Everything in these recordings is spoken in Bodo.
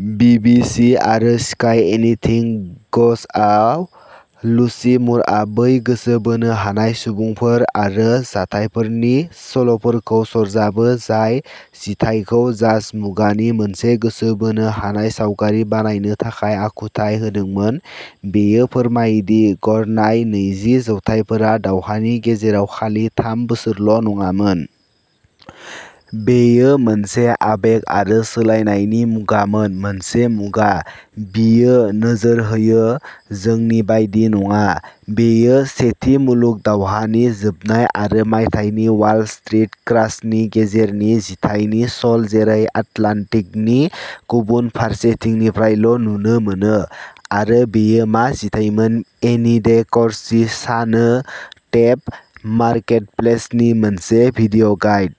बीबीसी आरो स्काई एनिथिं गोजआव, लुसी मुरआ बै गोसो बोनो हानाय सुबुंफोर आरो जाथायफोरनि सल'फोरखौ सरजाबो, जाय जिथाइखौ जाज मुगानि मोनसे गोसो बोनो हानाय सावगारि बानायनो थाखाय आखुथाय होदोंमोन। बियो फोरमायो दि गरनाय नैजि जौथाइफोरा दावहानि गेजेराव खालि थाम बोसोरल'नङामोन। बेयो मोनसे आबेग आरो सोलायनायनि मुगामोन मोनसे मुगा, बियो नोजोर होयो, जोंनि बायदि नङा। बेयो सेथि मुलुग दावहानि जोबनाय आरो मायथाइनि वाल स्ट्रीट क्रासनि गेजेरनि जिथाइनि सल जेरै आटलान्टिकनि गुबुन फारसेथिंनिफ्रायल'नुनो मोनो। आरो बेयो मा जिथाइमोन, एने डे करसि सानो टेप मार्केटप्लेसनि मोनसे भिडिय'गाइड।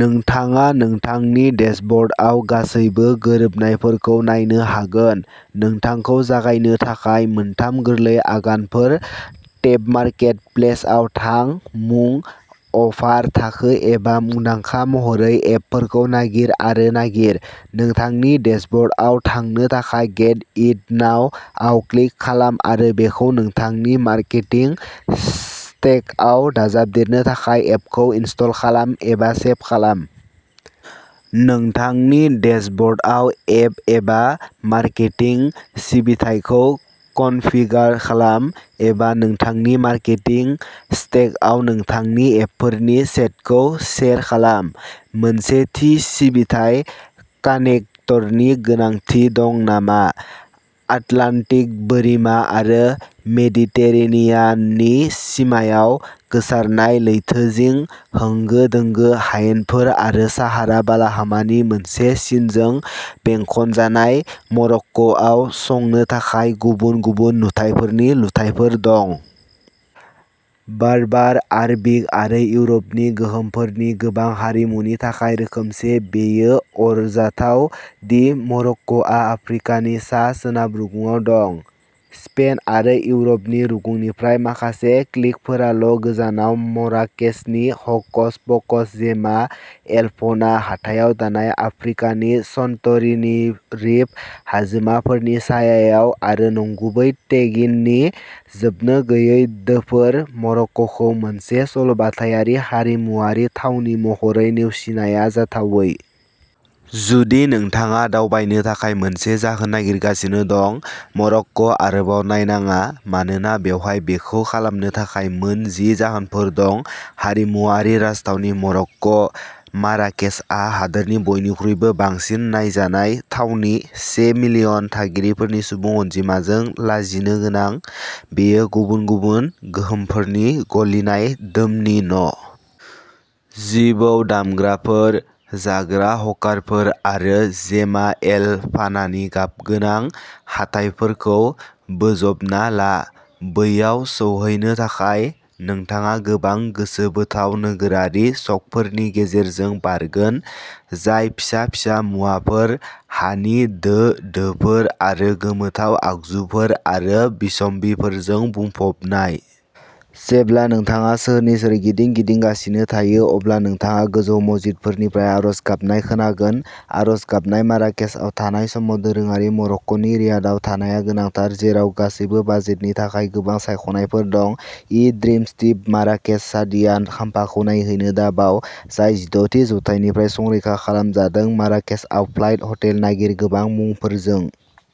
नोंथाङा नोंथांनि डेशब'र्डआव गासैबो गोरोबनायफोरखौ नायनो हागोन। नोंथांखौ जागायनो थाखाय मोनथाम गोरलै आगानफोर टेपमार्केटप्लेसाव थां मुं, अफार, थाखो एबा मुंदांखा महरै एपफोरखौ नागिर आरो नागिर। नोंथांनि डेशब'र्डआव थांनो थाखाय "गेट इट नाउ" आव क्लिक खालाम आरो बेखौ नोंथांनि मार्केटिं स्टेकआव दाजाबदेरनो थाखाय एपखौ इनस्टल खालाम, एबा सेब खालाम। नोंथांनि डेशब'र्डआव एप एबा मार्केटिं सिबिथाइखौ कनफिगार खालाम, एबा नोंथांनि मार्केटिं स्टेकआव नोंथांनि एपफोरनि सेटखौ सेयार खालाम। मोनसे थि सिबिथाइ कानेक्टरनि गोनांथि दं नामा आटलान्टिक बोरिमा आरो मेडिटेरेनियाननि सिमायाव, गोसारनाय लैथोजिं, होंगो दोंगो हायेनफोर आरो साहारा बालाहामानि मोनसे सिनजों बेंखनजानाय, मरक्क'आव संनो थाखाय गुबुन गुबुन नुथायफोरनि लुथायफोर दं। बार्बार, आरबिक आरो इउर'पनि गोहोमफोरनि गोबां हारिमुनि थाखाय रोखोमसे, बेयो आरजाथाव दि मरक्क'आ आफ्रिकानि सा सोनाब रुगुंआव दं, स्पेन आरो इउर'पनि रुगुंनिफ्राय माखासे क्लिकफोरल'गोजानाव। मराकेचनि ह'कस प'कस जेमा एल फना हाथायाव दानाय,'आफ्रिकानि सान्ट'रिनि'रिफ हाजोमाफोरनि सायायाव आरो नंगुबै टेगिननि जोबनोगैयै दोफोर, मरक्क'खौ मोनसे सल'बाथायारि हारिमुआरि थावनि महरै नेवसिनाया जाथावै। जुदि नोंथाङा दावबायनो थाखाय मोनसे जाहोन नागिरगासिनो दं। मरक्क, आरोबाव नायनाङा मानोना बेवहाय बेखौ खालामनो थाखाय मोन जि जाहोनफोर दं! हारिमुआरि राजथावनि मरक्क', माराकेचआ हादोरनि बयनिख्रुइबो बांसिन नायजानाय थावनि। से मिलियन थागिरिफोरनि सुबुं अनजिमाजों लाजिनोगोनां, बेयो गुबुन गुबुन गोहोमफोरनि गलिनाय दोमनि न'। जिबौ दामग्राफोर, जाग्रा हकारफोर आरो जेमा एल फानानि गाबगोनां हाथायफोरखौ बोजबना ला। बैयाव सौहैनो थाखाय, नोंथाङा गोबां गोसोबोथाव नोगोरारि स'कफोरनि गेजेरजों बारगोन, जाय फिसा-फिसा मुवाफोर, हानि दो-दोफोर आरो गोमोथाव आगजुफोर आरो बिसम्बिफोरजों बुंफबनाय। जेब्ला नोंथाङा सोहोरनि सोरगिदिं गिदिंगासिनो थायो, अब्ला नोंथाङा गोजौ मस्जिदफोरनिफ्राय आरज गाबनाय खोनांगोन, आर'ज गाबनाय। माराकेचआव थानाय समाव दोरोङारि मरक्क'नि रियादआव थानाया गोनांथार, जेराव गासैबो बाजेटनि थाखाय गोबां सायख'नायफोर दं। इ-ड्रिमस टिप माराकेच सादियान खाम्फाखौ नायहैनो दाबाव, जाय जिद' थि जौथायनिफ्राय संरैखा खालामजादों माराकेचआव फ्लाइट हटेल नागिर गोबां मुंफोरजों।